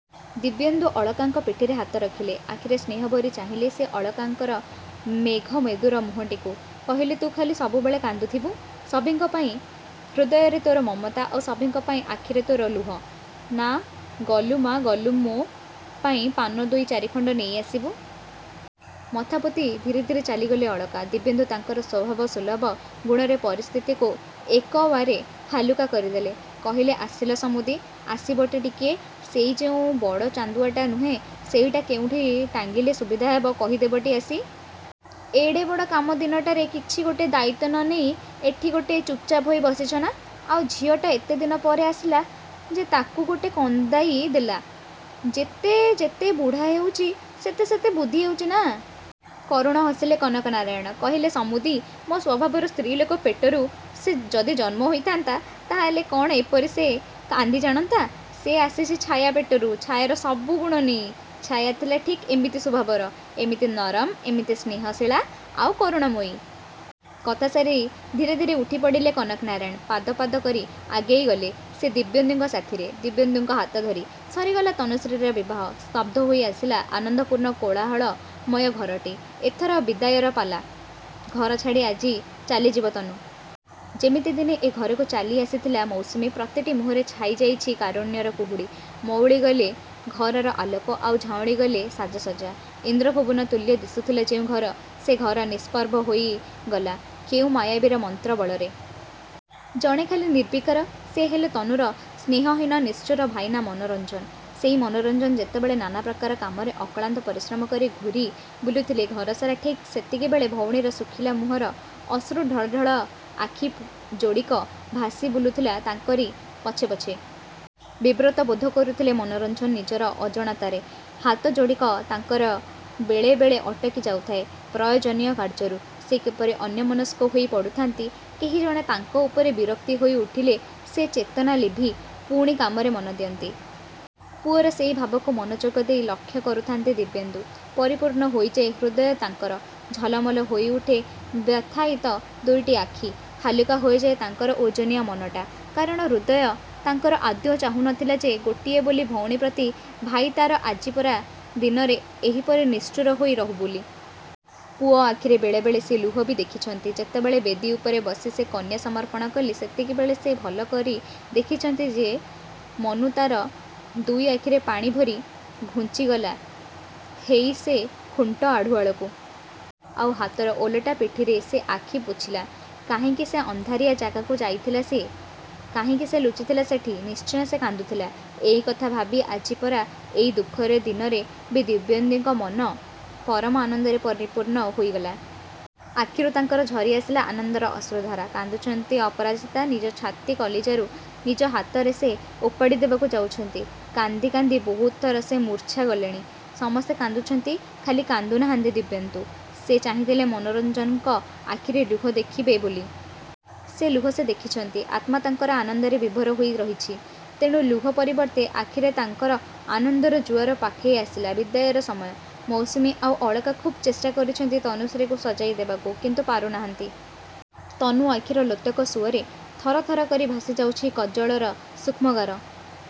ଦିବ୍ୟେନ୍ଦୁ ଅଳକାଙ୍କ ପିଠିରେ ହାତ ରଖିଲେ। ଆଖିରେ ସ୍ନେହ ଭରି ଚାହିଁଲେ ସିଏ ଅଳକାଙ୍କର ମେଘ ମେଦୁର ମୁହଁଟିକୁ। କହିଲେ ତୁ ଖାଲି ସବୁବେଳେ କାନ୍ଦୁଥିବୁ? ସଭିଙ୍କ ପାଇଁ ହୃଦୟରେ ତୋର ମମତା, ଆଉ ସଭିଙ୍କ ପାଇଁ ଆଖିରେ ତୋର ଲୁହ। ନା, ଗଲୁ ମା', ଗଲୁ, ମୋ ପାଇଁ ପାନ ଦୁଇ ଚାରିଖଣ୍ଡ ନେଇ ଆସିବୁ। ମଥା ପୋତି ଧୀରେ ଧୀରେ ଚାଲିଗଲେ ଅଳକା। ଦିବ୍ୟେନ୍ଦୁ ତାଙ୍କର ସ୍ୱଭାବ ସୁଲଭ ଗୁଣରେ ପରିସ୍ଥିତିକୁ ଏକବାରେ ହାଲୁକା କରି ଦେଲେ। କହିଲେ ଆସିଲ ସମୁଦି, ଆସିବଟି ଟିକିଏ। ସେଇ ଯେଉଁ ବଡ଼ ଚାନ୍ଦୁଆଟା ନୁହେଁ ସେଇଟା କେଉଁଠି ଟାଙ୍ଗିଲେ ସୁବିଧା ହେବ କହିଦେବଟି ଆସି। ଏଡ଼େ ବଡ଼ କାମ ଦିନଟାରେ କିଛି ଗୋଟେ ଦାୟିତ୍ୱ ନ ନେଇ ଏଠି ଗୋଟେ ଚୁପ୍‌ଚାପ୍ ହୋଇ ବସିଛନା? ଆଉ ଝିଅଟା ଏତେଦିନ ପରେ ଆସିଲା ଯେ ତାକୁ ଗୋଟେ କନ୍ଦାଇ ଦେଲା। ଯେତେ ଯେତେ ବୁଢ଼ା ହେଉଛି ସେତେ ସେତେ ବୁଦ୍ଧି ହେଉଛି, ନା? କରୁଣ ହସିଲେ କନକନାରାୟଣ। କହିଲେ ସମୁଦି, ମୋ ସ୍ୱଭାବର ସ୍ତ୍ରୀଲୋକ ପେଟରୁ ସେ ଯଦି ଜନ୍ମ ହୋଇଥାନ୍ତା, ତାହେଲେ କ'ଣ ଏପରି ସେ କାନ୍ଦି ଜାଣନ୍ତା? ସେ ଆସିଛି ଛାୟା ପେଟରୁ। ଛାୟାର ସବୁ ଗୁଣ ନେଇ। ଛାୟା ଥିଲା ଠିକ୍ ଏମିତି ସ୍ୱଭାବର। ଏମିତି ନରମ, ଏମିତି ସ୍ନେହଶୀଳା, ଆଉ କରୁଣମୟୀ। କଥା ସାରି ଧୀରେ ଧୀରେ ଉଠି ପଡ଼ିଲେ କନକନାରାୟଣ। ପାଦ ପାଦ କରି ଆଗେଇ ଗଲେ ସିଏ ଦିବ୍ୟେନ୍ଦୁଙ୍କ ସାଥିରେ ଦିବ୍ୟେନ୍ଦୁଙ୍କ ହାତ ଧରି। ସରିଗଲା ତନୁଶ୍ରୀର ବିବାହ। ସ୍ତବ୍ଧ ହୋଇ ଆସିଲା ଆନନ୍ଦପୂର୍ଣ୍ଣ କୋଳାହଳମୟ ଘରଟି। ଏଥର ବିଦାୟର ପାଲା। ଘର ଛାଡ଼ି ଆଜି ଚାଲିଯିବ ତନୁ। ଯେମିତି ଦିନେ ଏ ଘରକୁ ଚାଲି ଆସିଥିଲା ମୌସୁମୀ। ପ୍ରତିଟି ମୁହଁରେ ଛାଇ ଯାଇଛି କାରୁଣ୍ୟର କୁହୁଡ଼ି। ମଉଳି ଗଲେ ଘରର ଆଲୋକ, ଆଉ ଝାଉଁଳି ଗଲେ ସାଜସଜ୍ଜା। ଇନ୍ଦ୍ରଭୁବନ ତୁଲ୍ୟ ଦିଶୁଥିଲା ଯେଉଁ ଘର, ସେ ଘର ନିଷ୍ପ୍ରଭ ହୋଇ ଗଲା କେଉଁ ମାୟାବୀର ମନ୍ତ୍ର ବଳରେ। ଜଣେ ଖାଲି ନିର୍ବିକାର। ସେ ହେଲେ ତନୁର ସ୍ନେହହୀନ, ନିଷ୍ଠୁର ଭାଇନା ମନୋରଞ୍ଜନ। ସେଇ ମନୋରଞ୍ଜନ ଯେତେବେଳେ ନାନା ପ୍ରକାର କାମରେ ଅକ୍ଳାନ୍ତ ପରିଶ୍ରମ କରି ଘୂରି ବୁଲୁଥିଲେ ଘର ସାରା, ଠିକ୍ ସେତିକିବେଳେ ଭଉଣୀର ଶୁଖିଲା ମୁହଁର ଅଶ୍ରୁ ଢଳ ଢଳ ଆଖି ଯୋଡ଼ିକ ଭାସି ବୁଲୁଥିଲା ତାଙ୍କରି ପଛେ ପଛେ। ବିବ୍ରତ ବୋଧ କରୁଥିଲେ ମନୋରଞ୍ଜନ ନିଜର ଅଜାଣତରେ। ହାତ ଯୋଡ଼ିକ ତାଙ୍କର ବେଳେ ବେଳେ ଅଟକି ଯାଉଥାଏ ପ୍ରୟୋଜନୀୟ କାର୍ଯ୍ୟରୁ। ସେ କିପରି ଅନ୍ୟମନସ୍କ ହୋଇ ପଡ଼ୁଥାନ୍ତି। କେହି ଜଣେ ତାଙ୍କ ଉପରେ ବିରକ୍ତି ହୋଇ ଉଠିଲେ ସେ ଚେତନା ଲିଭି ପୁଣି କାମରେ ମନ ଦିଅନ୍ତି। ପୁଅର ସେଇ ଭାବକୁ ମନଯୋଗ ଦେଇ ଲକ୍ଷ୍ୟ କରୁଥାନ୍ତି ଦିବ୍ୟେନ୍ଦୁ। ପରିପୂର୍ଣ୍ଣ ହୋଇଯାଏ ହୃଦୟ ତାଙ୍କର। ଝଲମଲ ହୋଇ ଉଠେ ବ୍ୟଥାୟୀତ ଦୁଇଟି ଆଖି। ହାଲୁକା ହୋଇଯାଏ ତାଙ୍କର ଓଜନିଆ ମନଟା। କାରଣ, ହୃଦୟ ତାଙ୍କର ଆଦୌ ଚାହୁଁ ନଥିଲା ଯେ ଗୋଟିଏ ବୋଲି ଭଉଣୀ ପ୍ରତି ଭାଇ ତା'ର ଆଜି ପରା ଦିନରେ ଏହିପରି ନିଷ୍ଠୁର ହୋଇ ରହୁ ବୋଲି। ପୁଅ ଆଖିରେ ବେଳେ ବେଳେ ସେ ଲୁହ ବି ଦେଖିଛନ୍ତି। ଯେତେବେଳେ ବେଦୀ ଉପରେ ବସି ସେ କନ୍ୟା ସମର୍ପଣ କଲେ, ସେତିକିବେଳେ ସେ ଭଲ କରି ଦେଖିଛନ୍ତି ଯେ, ମନୁ ତା'ର ଦୁଇ ଆଖିରେ ପାଣି ଭରି ଘୁଞ୍ଜି ଗଲା ହେଇ ସେ ଖୁଣ୍ଟ ଆଢ଼ୁଆଳକୁ। ଆଉ ହାତର ଓଲଟା ପିଠିରେ ସେ ଆଖି ପୋଛିଲା। କାହିଁକି ସେ ଅନ୍ଧାରିଆ ଜାଗାକୁ ଯାଇଥିଲା ସିଏ। କାହିଁକି ସେ ଲୁଚିଥିଲା ସେଠି। ନିଶ୍ଚୟ ସେ କାନ୍ଦୁଥିଲା। ଏଇ କଥା ଭାବି ଆଜି ପରା ଏଇ ଦୁଃଖରେ ଦିନରେ ବି ଦିବ୍ୟେନ୍ଦୁଙ୍କ ମନ ପରମ ଆନନ୍ଦରେ ପରିପୂର୍ଣ୍ଣ ହୋଇ ଗଲା। ଆଖିରୁ ତାଙ୍କର ଝରି ଆସିଲା ଆନନ୍ଦର ଅଶ୍ରୁଧାରା। କାନ୍ଦୁଛନ୍ତି ଅପରାଜିତା। ନିଜ ଛାତି କଲିଜାରୁ ନିଜ ହାତରେ ସେ ଓପାଡ଼ି ଦେବାକୁ ଯାଉଛନ୍ତି। କାନ୍ଦି କାନ୍ଦି ବହୁତ ଥର ସେ ମୂର୍ଚ୍ଛା ଗଲେଣି। ସମସ୍ତେ କାନ୍ଦୁଛନ୍ତି। ଖାଲି କାନ୍ଦୁ ନାହାନ୍ତି ଦିବ୍ୟେନ୍ଦୁ। ସେ ଚାହିଁଥିଲେ ମନୋରଞ୍ଜନଙ୍କ ଆଖିରେ ଲୁହ ଦେଖିବେ ବୋଲି। ସେ ଲୁହ ସେ ଦେଖିଛନ୍ତି। ଆତ୍ମା ତାଙ୍କର ଆନନ୍ଦରେ ବିଭୋର ହୋଇ ରହିଛି। ତେଣୁ ଲୁହ ପରିବର୍ତ୍ତେ ଆଖିରେ ତାଙ୍କର ଆନନ୍ଦର ଜୁଆର। ପାଖେଇ ଆସିଲା ବିଦାୟର ସମୟ। ମୌସୁମୀ ଆଉ ଅଳକା ଖୁବ୍ ଚେଷ୍ଟା କରୁଛନ୍ତି ତନୁଶ୍ରୀକୁ ସଜାଇ ଦେବାକୁ। କିନ୍ତୁ ପାରୁ ନାହାନ୍ତି। ତନୁ ଆଖିର ଲୋତକ ସୁଅରେ ଥର ଥର କରି ଭାସି ଯାଉଛି କଜ୍ଜଳର ସୂକ୍ଷ୍ମଗାର।